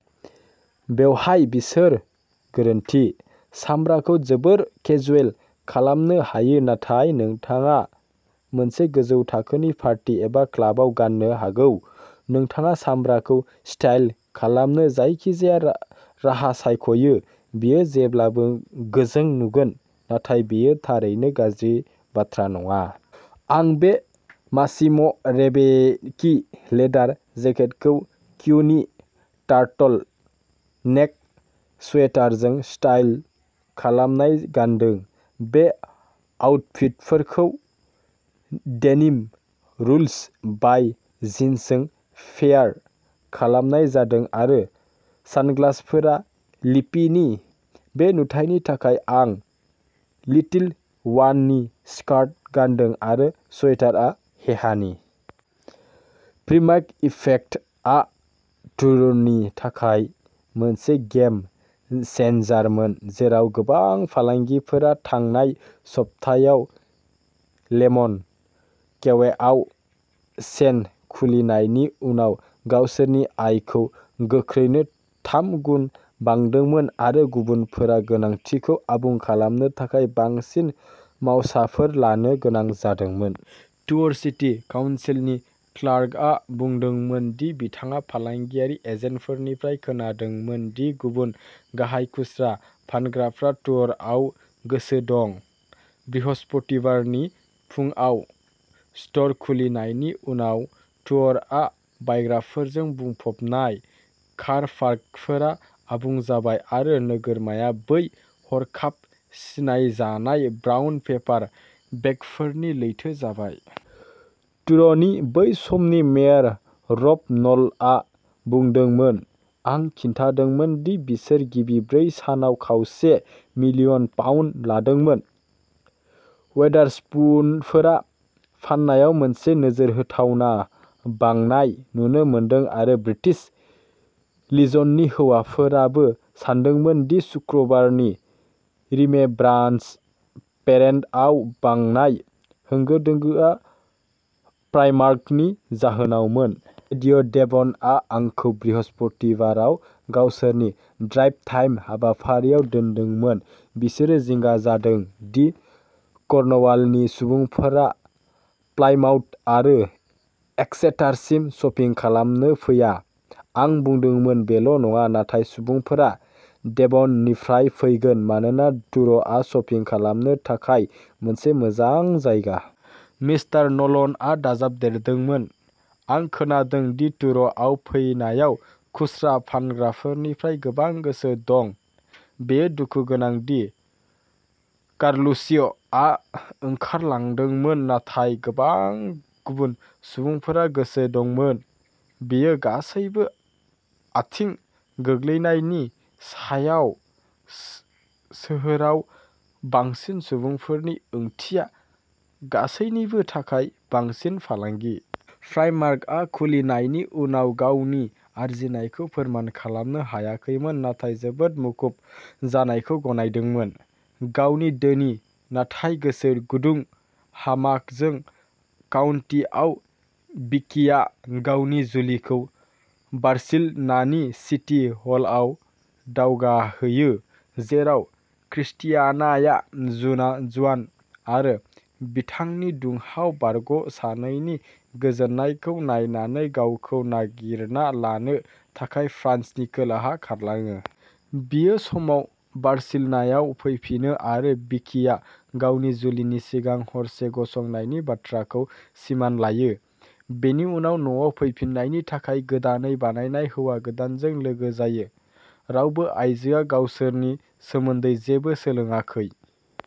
बेवहाय बिसोर गोरोन्थि। सामब्राखौ जोबोद केजुएल खालामनो हायो नाथाय नोंथाङा मोनसे गोजौ थाखोनि पार्टी एबा क्लाबाव गान्नो हागौ। नोंथाङा सामब्राखौ स्टाइल खालामनो जायखिजाया राहा सायख'यो, बेयो जेब्लाबो गोजों नुगोन, नाथाय बेयो थारैनो गाज्रि बाथ्रा नङा। आं बे मासिम'रेबेकि लेदार जेकेटखौ क्यूनि टार्टल नेक स्वेटारजों स्टाइल खालामनाय गानदों। बे आउटफिटफोरखौ डेनिम रुल्स बाइ जिन्सजों पेयार खालामनाय जादों आरो सानग्लासफोरा लिप्पिनि। बे नुथायनि थाखाय आं लिटिल वाननि स्कार्ट गानदों आरो स्वेटारआ हेहानि। "प्रिमार्क इफेक्ट" आ ट्रुर'नि थाखाय मोनसे गेम-चेन्जारमोन, जेराव गोबां फालांगिफोरा थांनाय सप्तायाव लेमन क्वेआव चेन खुलिनायनि उनाव गावसोरनि आयखौ गोख्रैनो थाम गुन बांदोंमोन आरो गुबुनफोरा गोनांथिखौ आबुं खालामनो थाखाय बांसिन मावसाफोर लानो गोनां जादोंमोन। ट्रुर'सिटी काउन्सिलनि क्लार्कआ बुंदोंमोन दि बिथाङा फालांगियारि एजेन्टफोरनिफ्राय खोनादोंमोन दि गुबुन गाहाय खुस्रा फानग्राफ्रा ट्रुर'आव गोसो दं। बृहस्पतिबारनि फुंआव स्ट'र खुलिनायनि उनाव, ट्रुर'आ बायग्राफोरजों बुंफबनाय, कार पार्कफोरा आबुं जाबाय आरो नोगोरमाया बै हरखाब सिनायजानाय ब्राउन पेपार बेगफोरनि लैथो जाबाय। ट्रुर'नि बै समनि मेयर, रब न'लनआ बुंदोंमोनः "आं खिन्थादोंमोन दि बिसोर गिबि ब्रै सानाव खावसे मिलियन पाउन्ड लादोंमोन, वेदारस्पुनफोरा फाननायाव मोनसे'नोजोर होथावना'बांनाय नुनो मोनदों आरो ब्रिटिश लिजननि हौवाफोराबो सानदोंमोन दि सुक्रुबारनि रिमेम्ब्रान्स पेरेडआव बांनाय होंगो-दोंगोआ प्राइमार्कनि जाहोनावमोन। "रेडिय'डेभ'नआ आंखौ बृहस्पतिबाराव गावसोरनि ड्राइभटाइम हाबाफारिआव दोनदोंमोन, बिसोरो जिंगा जादों दि कर्नवालनि सुबुंफोरा प्लायमाउथ आरो एक्सेटारसिम शपिं खालामनो फैया। आं बुंदोंमोन,'बेल'नङा, नाथाय सुबुंफोरा डेभननिफ्राय फैगोन मानोना ट्रुर'आ शपिं खालामनो थाखाय मोनसे मोजां जायगा। " मिस्टार न'लनआ दाजाबदेरदोंमोनः "आं खोनादों दि ट्रुर'आव फैनायाव खुस्रा फानग्राफोरनिफ्राय गोबां गोसो दं। बेयो दुखु गोनां दि कार्लुचिय'आ ओंखारलांदोंमोन, नाथाय गोबां गुबुन सुबुंफोरा गोसो दंमोन। " बेयो गासैबो आथिं गोग्लैनायनि सायाव, सोहोराव बांसिन सुबुंफोरनि ओंथिया गासैनिबो थाखाय बांसिन फालांगि। "प्राइमार्कआ खुलिनायनि उनाव गावनि आर्जिनायफोरखौ फोरमान खालामनो हायाखैमोन नाथाय जोबोद मुखुब जानायखौ गनायदोंमोन। गावनि धोनि नाथाय गोसो गुदुं हाबामाजों काउन्टीआव, भिकिया गावनि जुलिखौ बार्सिल'नानि सिटी हलआव दावगाहोयो, जेराव क्रिस्टियानाया, जुआन आरो बिथांनि दुंहाव बारग'सानैनि गोजोननायखौ नायनानै, गावखौ "नागिरना" लानो थाखाय फ्रान्सनि खोलाहा खारलाङो। बियो समाव बार्सिल'नायाव फैफिनो आरो भिकिया गावनि जुलिनि सिगां हरसे गसंनायनि बाथ्राखौ सिमान लायो, बेनि उनाव न'आव फैफिन्नायनि थाखाय गोदानै बानायनाय हौवा गोदानजों लोगो जायो, रावबो आइजोआ गावसोरनि सोमोन्दै जेबो सोलोंाखै।